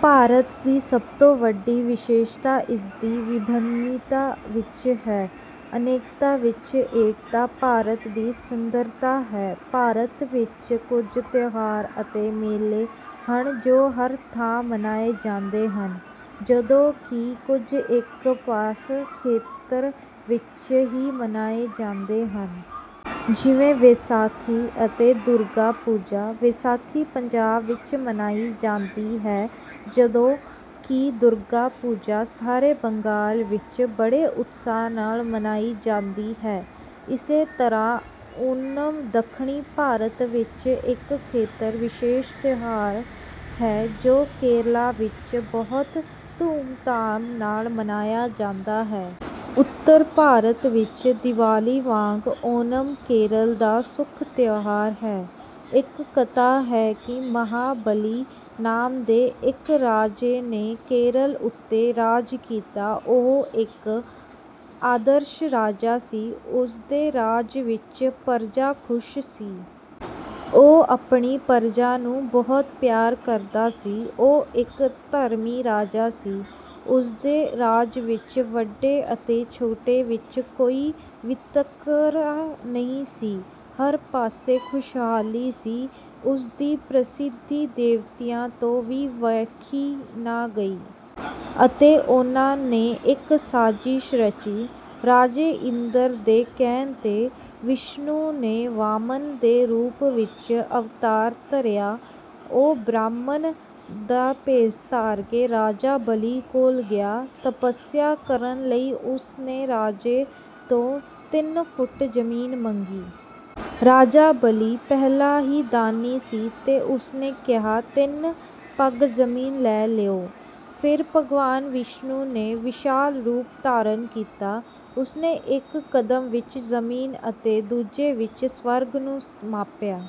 ਭਾਰਤ ਦੀ ਸਭ ਤੋਂ ਵੱਡੀ ਵਿਸ਼ੇਸ਼ਤਾ ਇਸਦੀ ਵਿਭਿੰਨਤਾ ਵਿੱਚ ਹੈ। ਅਨੇਕਤਾ ਵਿੱਚ ਏਕਤਾ ਭਾਰਤ ਦੀ ਸੁੰਦਰਤਾ ਹੈ। ਭਾਰਤ ਵਿੱਚ ਕੁਝ ਤਿਉਹਾਰ ਅਤੇ ਮੇਲੇ ਹਨ ਜੋ ਹਰ ਥਾਂ ਮਨਾਏ ਜਾਂਦੇ ਹਨ। ਜਦੋਂ ਕਿ ਕੁਝ ਇੱਕ ਖਾਸ ਖੇਤਰ ਵਿੱਚ ਹੀ ਮਨਾਏ ਜਾਂਦੇ ਹਨ। ਜਿਵੇਂ ਵਿਸਾਖੀ ਅਤੇ ਦੁਰਗਾ ਪੂਜਾ। ਵਿਸਾਖੀ ਪੰਜਾਬ ਵਿੱਚ ਮਨਾਈ ਜਾਂਦੀ ਹੈ ਜਦੋਂ ਕਿ ਦੁਰਗਾ ਪੂਜਾ ਸਾਰੇ ਬੰਗਾਲ ਵਿੱਚ ਬੜੇ ਉਤਸ਼ਾਹ ਨਾਲ ਮਨਾਈ ਜਾਂਦੀ ਹੈ। ਇਸੇ ਤਰ੍ਹਾਂ ਓਨਮ ਦੱਖਣੀ ਭਾਰਤ ਵਿੱਚ ਇੱਕ ਖੇਤਰ ਵਿਸ਼ੇਸ਼ ਤਿਉਹਾਰ ਹੈ ਜੋ ਕੇਰਲਾ ਵਿੱਚ ਬਹੁਤ ਧੂਮਧਾਮ ਨਾਲ ਮਨਾਇਆ ਜਾਂਦਾ ਹੈ। ਉੱਤਰ ਭਾਰਤ ਵਿੱਚ ਦੀਵਾਲੀ ਵਾਂਗ ਓਨਮ ਕੇਰਲ ਦਾ ਮੁੱਖ ਤਿਉਹਾਰ ਹੈ। ਇੱਕ ਕਥਾ ਹੈ ਕਿ ਮਹਾਬਲੀ ਨਾਮ ਦੇ ਇੱਕ ਰਾਜੇ ਨੇ ਕੇਰਲ ਉੱਤੇ ਰਾਜ ਕੀਤਾ ਉਹ ਇੱਕ ਆਦਰਸ਼ ਰਾਜਾ ਸੀ। ਉਸ ਦੇ ਰਾਜ ਵਿਚ ਪਰਜਾ ਖੁਸ਼ ਸੀ। ਉਹ ਆਪਣੀ ਪਰਜਾ ਨੂੰ ਬਹੁਤ ਪਿਆਰ ਕਰਦਾ ਸੀ। ਉਹ ਇੱਕ ਧਰਮੀ ਰਾਜਾ ਸੀ। ਉਸਦੇ ਰਾਜ ਵਿੱਚ ਵੱਡੇ ਅਤੇ ਛੋਟੇ ਵਿੱਚ ਕੋਈ ਵਿਤਕਰਾ ਨਹੀਂ ਸੀ। ਹਰ ਪਾਸੇ ਖੁਸ਼ਹਾਲੀ ਸੀ। ਉਸ ਦੀ ਪ੍ਰਸਿੱਧੀ ਦੇਵਤਿਆਂ ਤੋਂ ਵੀ ਵੇਖੀ ਨਾ ਗਈ। ਅਤੇ ਉਨ੍ਹਾਂ ਨੇ ਇੱਕ ਸਾਜ਼ਿਸ਼ ਰਚੀ। ਰਾਜੇ ਇੰਦਰ ਦੇ ਕਹਿਣ 'ਤੇ, ਵਿਸ਼ਨੂੰ ਨੇ ਵਾਮਨ ਦੇ ਰੂਪ ਵਿੱਚ ਅਵਤਾਰ ਧਾਰਿਆ। ਉਹ ਬ੍ਰਾਹਮਣ ਦਾ ਭੇਸ ਧਾਰ ਕੇ ਰਾਜਾ ਬਲੀ ਕੋਲ ਗਿਆ। ਤਪੱਸਿਆ ਕਰਨ ਲਈ ਉਸ ਨੇ ਰਾਜੇ ਤੋਂ ਤਿੰਨ ਫੁੱਟ ਜ਼ਮੀਨ ਮੰਗੀ। ਰਾਜਾ ਬਲੀ ਪਹਿਲਾਂ ਹੀ ਦਾਨੀ ਸੀ ਤੇ ਉਸਨੇ ਕਿਹਾ ਤਿਨ ਪੱਗ ਜ਼ਮੀਨ ਲੈ ਲਓ। ਫਿਰ ਭਗਵਾਨ ਵਿਸ਼ਨੂੰ ਨੇ ਵਿਸ਼ਾਲ ਰੂਪ ਧਾਰਨ ਕੀਤਾ। ਉਸਨੇ ਇੱਕ ਕਦਮ ਵਿੱਚ ਜ਼ਮੀਨ ਅਤੇ ਦੂਜੇ ਵਿੱਚ ਸਵਰਗ ਨੂੰ ਮਾਪਿਆ।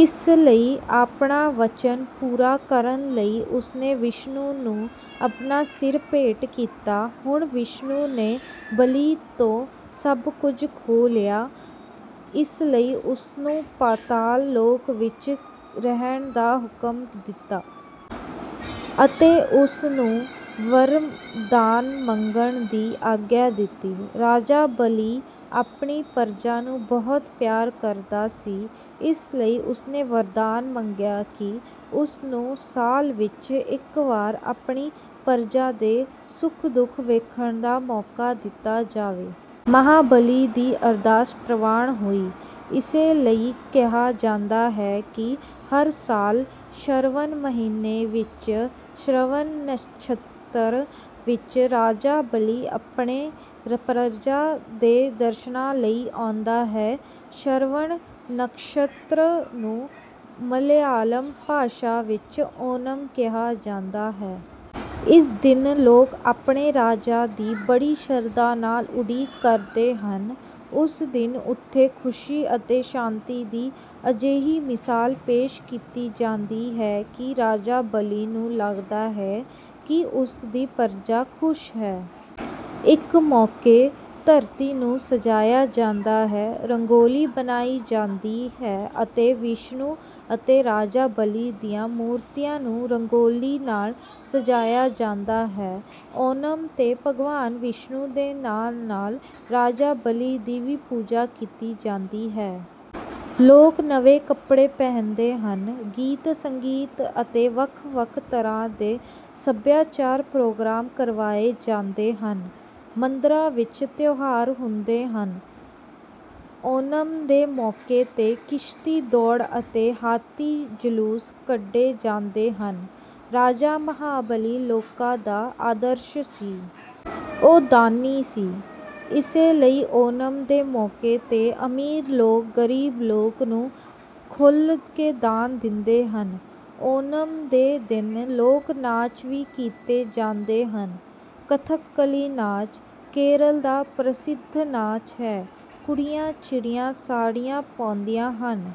ਇਸ ਲਈ ਆਪਣਾ ਵਚਨ ਪੂਰਾ ਕਰਨ ਲਈ ਉਸਨੇ ਵਿਸ਼ਨੂੰ ਨੂੰ ਆਪਣਾ ਸਿਰ ਭੇਟ ਕੀਤਾ। ਹੁਣ ਵਿਸ਼ਨੂੰ ਨੇ ਬਲੀ ਤੋਂ ਸਭ ਕੁਝ ਖੋਹ ਲਿਆ। ਇਸ ਲਈ ਉਸਨੂੰ ਪਾਤਾਲ ਲੋਕ ਵਿੱਚ ਰਹਿਣ ਦਾ ਹੁਕਮ ਦਿੱਤਾ। ਅਤੇ ਉਸਨੂੰ ਵਰਦਾਨ ਮੰਗਣ ਦੀ ਆਗਿਆ ਦਿੱਤੀ। ਰਾਜਾ ਬਲੀ ਆਪਣੀ ਪਰਜਾ ਨੂੰ ਬਹੁਤ ਪਿਆਰ ਕਰਦਾ ਸੀ। ਇਸ ਲਈ ਉਸ ਨੇ ਵਰਦਾਨ ਮੰਗਿਆ ਕਿ ਉਸ ਨੂੰ ਸਾਲ ਵਿੱਚ ਇੱਕ ਵਾਰ ਆਪਣੀ ਪਰਜਾ ਦੇ ਸੁੱਖ-ਦੁੱਖ ਵੇਖਣ ਦਾ ਮੌਕਾ ਦਿੱਤਾ ਜਾਵੇ। ਮਹਾਬਲੀ ਦੀ ਅਰਦਾਸ ਪ੍ਰਵਾਨ ਹੋਈ। ਇਸੇ ਲਈ ਕਿਹਾ ਜਾਂਦਾ ਹੈ ਕਿ ਹਰ ਸਾਲ ਸ਼ਰਵਣ ਮਹੀਨੇ ਦੇ ਸ਼੍ਰਵਣ ਨਛੱਤਰ ਵਿੱਚ ਰਾਜਾ ਬਲੀ ਆਪਣੀ ਪਰਜਾ ਦੇ ਦਰਸ਼ਨਾਂ ਲਈ ਆਉਂਦਾ ਹੈ। ਸ਼ਰਵਣ ਨਕਸ਼ਤਰ ਨੂੰ ਮਲਿਆਲਮ ਭਾਸ਼ਾ ਵਿੱਚ 'ਓਨਮ' ਕਿਹਾ ਜਾਂਦਾ ਹੈ। ਇਸ ਦਿਨ ਲੋਕ ਆਪਣੇ ਰਾਜੇ ਦੀ ਬੜੀ ਸ਼ਰਧਾ ਨਾਲ ਉਡੀਕ ਕਰਦੇ ਹਨ। ਉਸ ਦਿਨ ਉੱਥੇ ਖੁਸ਼ੀ ਅਤੇ ਸ਼ਾਂਤੀ ਦੀ ਅਜਿਹੀ ਮਿਸਾਲ ਪੇਸ਼ ਕੀਤੀ ਜਾਂਦੀ ਹੈ ਕਿ ਰਾਜਾ ਬਲੀ ਨੂੰ ਲੱਗਦਾ ਹੈ ਕਿ ਉਸ ਦੀ ਪਰਜਾ ਖੁਸ਼ ਹੈ। ਇਸ ਮੌਕੇ ਧਰਤੀ ਨੂੰ ਸਜਾਇਆ ਜਾਂਦਾ ਹੈ, ਰੰਗੋਲੀ ਬਣਾਈ ਜਾਂਦੀ ਹੈ ਅਤੇ ਵਿਸ਼ਨੂੰ ਅਤੇ ਰਾਜਾ ਬਲੀ ਦੀਆਂ ਮੂਰਤੀਆਂ ਨੂੰ ਰੰਗੋਲੀ ਨਾਲ ਸਜਾਇਆ ਜਾਂਦਾ ਹੈ। ਓਨਮ 'ਤੇ ਭਗਵਾਨ ਵਿਸ਼ਨੂੰ ਦੇ ਨਾਲ-ਨਾਲ ਰਾਜਾ ਬਲੀ ਦੀ ਵੀ ਪੂਜਾ ਕੀਤੀ ਜਾਂਦੀ ਹੈ। ਲੋਕ ਨਵੇਂ ਕੱਪੜੇ ਪਹਿਨਦੇ ਹਨ। ਗੀਤ-ਸੰਗੀਤ ਅਤੇ ਵੱਖ-ਵੱਖ ਤਰ੍ਹਾਂ ਦੇ ਸੱਭਿਆਚਾਰਕ ਪ੍ਰੋਗਰਾਮ ਕਰਵਾਏ ਜਾਂਦੇ ਹਨ। ਮੰਦਰਾਂ ਵਿੱਚ ਤਿਉਹਾਰ ਹੁੰਦੇ ਹਨ। ਓਨਮ ਦੇ ਮੌਕੇ 'ਤੇ ਕਿਸ਼ਤੀ ਦੌੜ ਅਤੇ ਹਾਥੀ ਜਲੂਸ ਕੱਢੇ ਜਾਂਦੇ ਹਨ। ਰਾਜਾ ਮਹਾਬਲੀ ਲੋਕਾਂ ਦਾ ਆਦਰਸ਼ ਸੀ। ਉਹ ਦਾਨੀ ਸੀ। ਇਸੇ ਲਈ ਓਨਮ ਦੇ ਮੌਕੇ 'ਤੇ ਅਮੀਰ ਲੋਕ ਗਰੀਬ ਲੋਕਾਂ ਨੂੰ ਖੁੱਲ੍ਹ ਕੇ ਦਾਨ ਦਿੰਦੇ ਹਨ। ਓਨਮ ਦੇ ਦਿਨ ਲੋਕ ਨਾਚ ਵੀ ਕੀਤੇ ਜਾਂਦੇ ਹਨ। ਕਥਕਲੀ ਨਾਚ ਕੇਰਲ ਦਾ ਪ੍ਰਸਿੱਧ ਨਾਚ ਹੈ। ਕੁੜੀਆਂ ਚਿੱਟੀਆਂ ਸਾੜੀਆਂ ਪਾਉਂਦੀਆਂ ਹਨ।